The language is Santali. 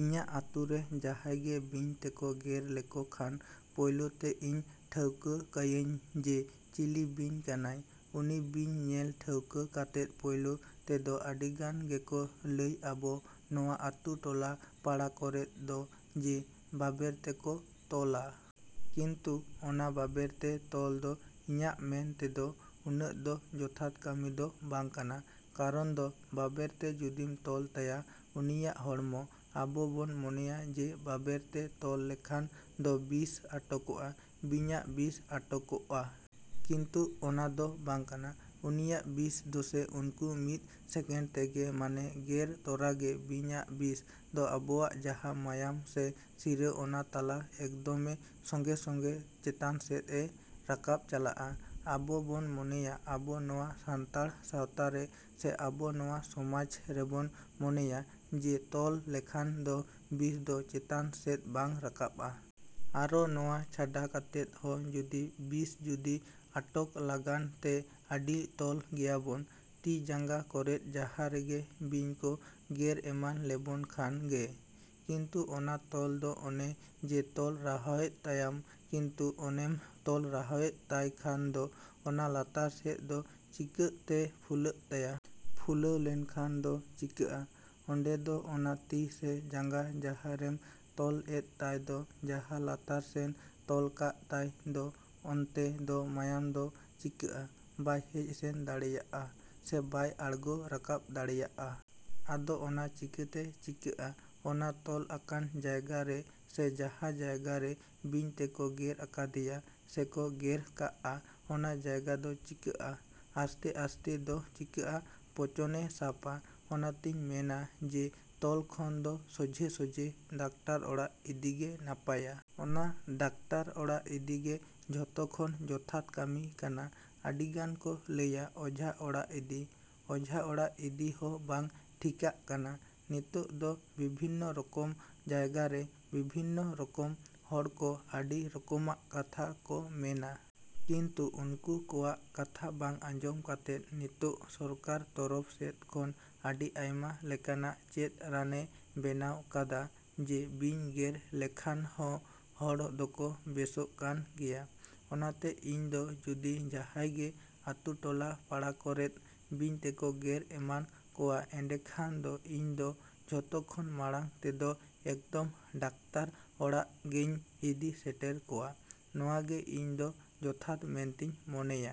ᱤᱧᱟᱹᱜ ᱟᱹᱛᱩᱨᱮ ᱡᱟᱦᱟᱸᱭ ᱜᱮ ᱵᱤᱧ ᱛᱮᱠᱚ ᱜᱮᱨ ᱞᱮᱠᱚ ᱠᱷᱟᱱ ᱯᱳᱭᱞᱳ ᱛᱮ ᱤᱧ ᱴᱷᱟᱹᱣᱠᱟᱹᱭᱮᱭᱟᱹᱧ ᱡᱮ ᱪᱤᱞᱤ ᱵᱤᱧ ᱠᱟᱱᱟᱭ᱾ ᱩᱱᱤ ᱵᱤᱧ ᱧᱮᱞ ᱴᱷᱟᱹᱣᱠᱟᱹ ᱠᱟᱛᱮᱫ ᱯᱳᱭᱞᱳ ᱛᱮᱫᱚ ᱟᱹᱰᱤᱜᱟᱱ ᱜᱮᱠᱚ ᱞᱟᱹᱭᱟ ᱟᱵᱚ ᱱᱚᱣᱟ ᱟᱹᱛᱩ ᱴᱚᱞᱟ ᱯᱟᱲᱟ ᱠᱚᱨᱮᱫ ᱫᱚ ᱡᱮ ᱵᱟᱵᱮᱨ ᱛᱮᱠᱚ ᱛᱚᱞᱟ᱾ ᱠᱤᱱᱛᱩ ᱚᱱᱟ ᱵᱟᱵᱮᱨ ᱛᱮ ᱛᱚᱞ ᱫᱚ ᱤᱧᱟᱜ ᱢᱮᱱ ᱛᱮᱫᱚ ᱩᱱᱟᱹᱜ ᱫᱚ ᱡᱚᱛᱷᱟᱛ ᱠᱟᱹᱢᱤ ᱫᱚ ᱵᱟᱝ ᱠᱟᱱᱟ᱾ ᱠᱟᱨᱚᱱ ᱫᱚ ᱵᱟᱵᱮᱨ ᱛᱮ ᱡᱩᱫᱤᱢ ᱛᱚᱞ ᱛᱟᱭᱟ ᱩᱱᱤᱭᱟᱜ ᱦᱚᱲᱢᱚ, ᱟᱵᱚ ᱵᱚᱱ ᱢᱚᱱᱮᱭᱟ ᱡᱮ ᱵᱟᱵᱮᱨ ᱛᱮ ᱛᱚᱞ ᱞᱮᱱᱠᱷᱟᱱ ᱫᱚ ᱵᱤᱥ ᱟᱠᱚᱴᱚᱜᱼᱟ, ᱵᱤᱧᱟᱜ ᱵᱤᱥ ᱟᱠᱚᱴᱚᱜᱼᱟ᱾ ᱠᱤᱱᱛᱩ ᱚᱱᱟ ᱫᱚ ᱵᱟᱝ ᱠᱟᱱᱟ᱾ ᱩᱱᱤᱭᱟᱜ ᱵᱤᱥ ᱫᱚᱥᱮ ᱩᱱᱠᱩ ᱢᱤᱫ ᱥᱮᱠᱮᱱᱰ ᱛᱮᱜᱮ ᱢᱟᱱᱮ ᱜᱮᱨ ᱛᱚᱨᱟᱜᱮ ᱵᱤᱧᱟᱜ ᱵᱤᱥ ᱫᱚ ᱟᱵᱚᱱᱟᱜ ᱡᱟᱦᱟᱸ ᱢᱟᱭᱟᱢ ᱥᱮ ᱥᱤᱨᱟᱹ ᱚᱱᱟ ᱛᱟᱞᱟ ᱮᱠᱫᱚᱢᱮ ᱥᱚᱸᱜᱮᱼᱥᱚᱸᱜᱮ ᱪᱮᱛᱟᱱ ᱥᱮᱫᱼᱮ ᱨᱟᱠᱟᱵ ᱪᱟᱞᱟᱜᱼᱟ᱾ ᱟᱵᱚ ᱵᱚᱱ ᱢᱚᱱᱮᱭᱟ ᱟᱵᱚ ᱱᱚᱣᱟ ᱥᱟᱱᱛᱟᱲ ᱥᱟᱶᱛᱟ ᱨᱮ ᱥᱮ ᱟᱵᱚ ᱱᱚᱣᱟ ᱥᱚᱢᱟᱡᱽ ᱨᱮᱵᱚᱱ ᱢᱚᱱᱮᱭᱟ ᱡᱮ ᱛᱚᱞ ᱞᱮᱱᱠᱷᱟᱱ ᱫᱚ ᱵᱤᱥ ᱫᱚ ᱪᱮᱛᱟᱱ ᱥᱮᱫ ᱵᱟᱝ ᱨᱟᱠᱟᱵᱟ᱾ ᱟᱨᱚ ᱱᱚᱣᱟ ᱪᱷᱟᱰᱟ ᱠᱟᱛᱮᱫ ᱦᱚᱸ ᱡᱩᱫᱤ ᱵᱤᱥ ᱡᱩᱫᱤ ᱟᱠᱚᱴ ᱞᱟᱜᱟᱱ ᱛᱮ ᱟᱹᱰᱤ ᱛᱚᱞ ᱜᱮᱭᱟᱵᱚᱱ ᱛᱤ ᱡᱟᱸᱜᱟ ᱠᱚᱨᱮᱫ ᱡᱟᱦᱟᱸ ᱨᱮᱜᱮ ᱵᱤᱧ ᱠᱚ ᱜᱮᱨ ᱮᱢᱟᱱ ᱞᱮᱵᱚᱱ ᱠᱷᱟᱱ ᱜᱮ᱾ ᱠᱤᱱᱛᱩ ᱚᱱᱟ ᱛᱚᱞ ᱫᱚ ᱚᱱᱮ ᱡᱮ ᱛᱚᱞ ᱨᱟᱦᱟᱣᱮᱫ ᱛᱟᱭᱟᱢ ᱠᱤᱱᱛᱩ ᱚᱱᱮᱢ ᱛᱚᱞ ᱨᱟᱦᱟᱣᱮᱫ ᱛᱟᱭ ᱠᱷᱟᱱ ᱫᱚ ᱚᱱᱟ ᱞᱟᱛᱟᱨ ᱥᱮᱫ ᱫᱚ ᱪᱤᱠᱟᱹᱜ ᱛᱮ ᱯᱷᱩᱞᱟᱹᱜ ᱛᱟᱭᱟ? ᱯᱷᱩᱞᱟᱹᱣ ᱞᱮᱱᱠᱷᱟᱱ ᱫᱚ ᱪᱤᱠᱟᱹᱜᱼᱟ ᱚᱸᱰᱮ ᱫᱚ ᱚᱱᱟ ᱛᱤ ᱥᱮ ᱡᱟᱸᱜᱟ ᱡᱟᱦᱟᱸ ᱨᱮᱢ ᱛᱚᱞ ᱮᱫ ᱛᱟᱭ ᱫᱚ ᱡᱟᱦᱟᱸ ᱞᱟᱛᱟᱨ ᱥᱮᱱ ᱛᱚᱞ ᱠᱟᱜ ᱛᱟᱭ ᱫᱚ ᱚᱱᱛᱮ ᱫᱚ ᱢᱟᱭᱟᱢ ᱫᱚ ᱪᱤᱠᱟᱹᱜᱼᱟ ᱵᱟᱭ ᱦᱮᱡ ᱥᱮᱱ ᱫᱟᱲᱮᱜᱼᱟ ᱥᱮ ᱵᱟᱭ ᱟᱲᱜᱚ ᱨᱟᱠᱟᱵ ᱫᱟᱲᱮᱜᱼᱟ᱾ ᱟᱫᱚ ᱚᱱᱟ ᱪᱤᱠᱟᱹᱛᱮ ᱪᱤᱠᱟᱹᱜᱼᱟ ᱚᱱᱟ ᱛᱚᱞ ᱟᱠᱟᱱ ᱡᱟᱭᱜᱟ ᱨᱮ ᱥᱮ ᱡᱟᱦᱟᱸ ᱡᱟᱭᱜᱟ ᱨᱮ ᱵᱤᱧ ᱛᱮᱠᱚ ᱜᱮᱨ ᱟᱠᱟᱫᱮᱭᱟ ᱥᱮᱠᱚ ᱜᱮᱨ ᱠᱟᱜᱼᱟ᱾ ᱚᱱᱟ ᱡᱟᱭᱜᱟ ᱫᱚ ᱪᱤᱠᱟᱹᱜᱼᱟ ᱟᱥᱛᱮ ᱟᱥᱛᱮ ᱫᱚ ᱪᱤᱠᱟᱹᱜᱼᱟ ᱯᱚᱪᱚᱱᱮ ᱥᱟᱵᱟ᱾ ᱚᱱᱟᱛᱤᱧ ᱢᱮᱱᱟ ᱡᱮ ᱛᱚᱞ ᱠᱷᱚᱱ ᱫᱚ ᱥᱚᱡᱷᱮᱼᱥᱚᱡᱷᱮ ᱰᱟᱠᱛᱟᱨ ᱚᱲᱟᱜ ᱤᱫᱤᱜᱮ ᱱᱟᱯᱟᱭᱟ᱾ ᱚᱱᱟ ᱰᱟᱠᱛᱟᱨ ᱚᱲᱟᱜ ᱤᱫᱤᱜᱮ ᱡᱷᱚᱛᱚ ᱠᱷᱚᱱ ᱡᱚᱛᱷᱟᱛ ᱠᱟᱹᱢᱤ ᱠᱟᱱᱟ᱾ ᱟᱹᱰᱤᱜᱟᱱ ᱠᱚ ᱞᱟᱹᱭᱟ ᱚᱡᱷᱟ ᱚᱲᱟᱜ ᱤᱫᱤ᱾ ᱚᱡᱷᱟ ᱚᱲᱟᱜ ᱤᱫᱤ ᱦᱚᱸ ᱵᱟᱝ ᱴᱷᱤᱠᱟᱹᱜ ᱠᱟᱱᱟ᱾ ᱱᱤᱛᱚᱜ ᱫᱚ ᱵᱤᱵᱷᱤᱱᱱᱚ ᱨᱚᱠᱚᱢ ᱡᱟᱭᱜᱟᱨᱮ ᱵᱤᱵᱷᱤᱱᱱᱚ ᱨᱚᱠᱚᱢ ᱦᱚᱲᱠᱚ ᱟᱹᱰᱤ ᱨᱚᱠᱚᱢᱟᱜ ᱠᱟᱛᱷᱟ ᱠᱚ ᱢᱮᱱᱟ᱾ ᱠᱤᱱᱛᱩ ᱩᱱᱠᱩ ᱠᱚᱣᱟᱜ ᱠᱟᱛᱷᱟ ᱵᱟᱝ ᱟᱸᱡᱚᱢ ᱠᱟᱛᱮᱫ ᱱᱤᱛᱚᱜ ᱥᱚᱨᱠᱟᱨ ᱛᱚᱨᱚᱯᱷ ᱥᱮᱫ ᱠᱷᱚᱱ ᱟᱹᱰᱤ ᱟᱭᱢᱟ ᱞᱮᱠᱟᱱᱟᱜ ᱪᱮᱫ ᱨᱟᱱᱮ ᱵᱮᱱᱟᱣ ᱠᱟᱫᱟ ᱡᱮ ᱵᱤᱧ ᱜᱮᱨ ᱞᱮᱱᱠᱷᱟᱱ ᱦᱚᱸ ᱦᱚᱲ ᱫᱚᱠᱚ ᱵᱮᱥᱚᱜ ᱠᱟᱱ ᱜᱮᱭᱟ᱾ ᱚᱱᱟᱛᱮ ᱤᱧ ᱫᱚ ᱡᱩᱫᱤ ᱡᱟᱦᱟᱸᱭᱜᱮ ᱟᱹᱛᱩ ᱴᱚᱞᱟ ᱯᱟᱲᱟ ᱠᱚᱨᱮᱫ ᱵᱤᱧ ᱛᱮᱠᱚ ᱜᱮᱨ ᱮᱢᱟᱱ ᱠᱚᱣᱟ ᱮᱸᱰᱮᱠᱷᱟᱱ ᱫᱚ ᱤᱧ ᱫᱚ ᱡᱷᱚᱛᱚ ᱠᱷᱚᱱ ᱢᱟᱲᱟᱝ ᱛᱮᱫᱚ ᱮᱠᱫᱚᱢ ᱰᱟᱠᱛᱟᱨ ᱚᱲᱟᱜ ᱜᱮᱧ ᱤᱫᱤ ᱥᱮᱴᱮᱨ ᱠᱚᱣᱟ᱾ ᱱᱚᱣᱟᱜᱮ ᱤᱧ ᱫᱚ ᱡᱚᱛᱷᱟᱛ ᱢᱮᱱᱛᱤᱧ ᱢᱚᱱᱮᱭᱟ᱾।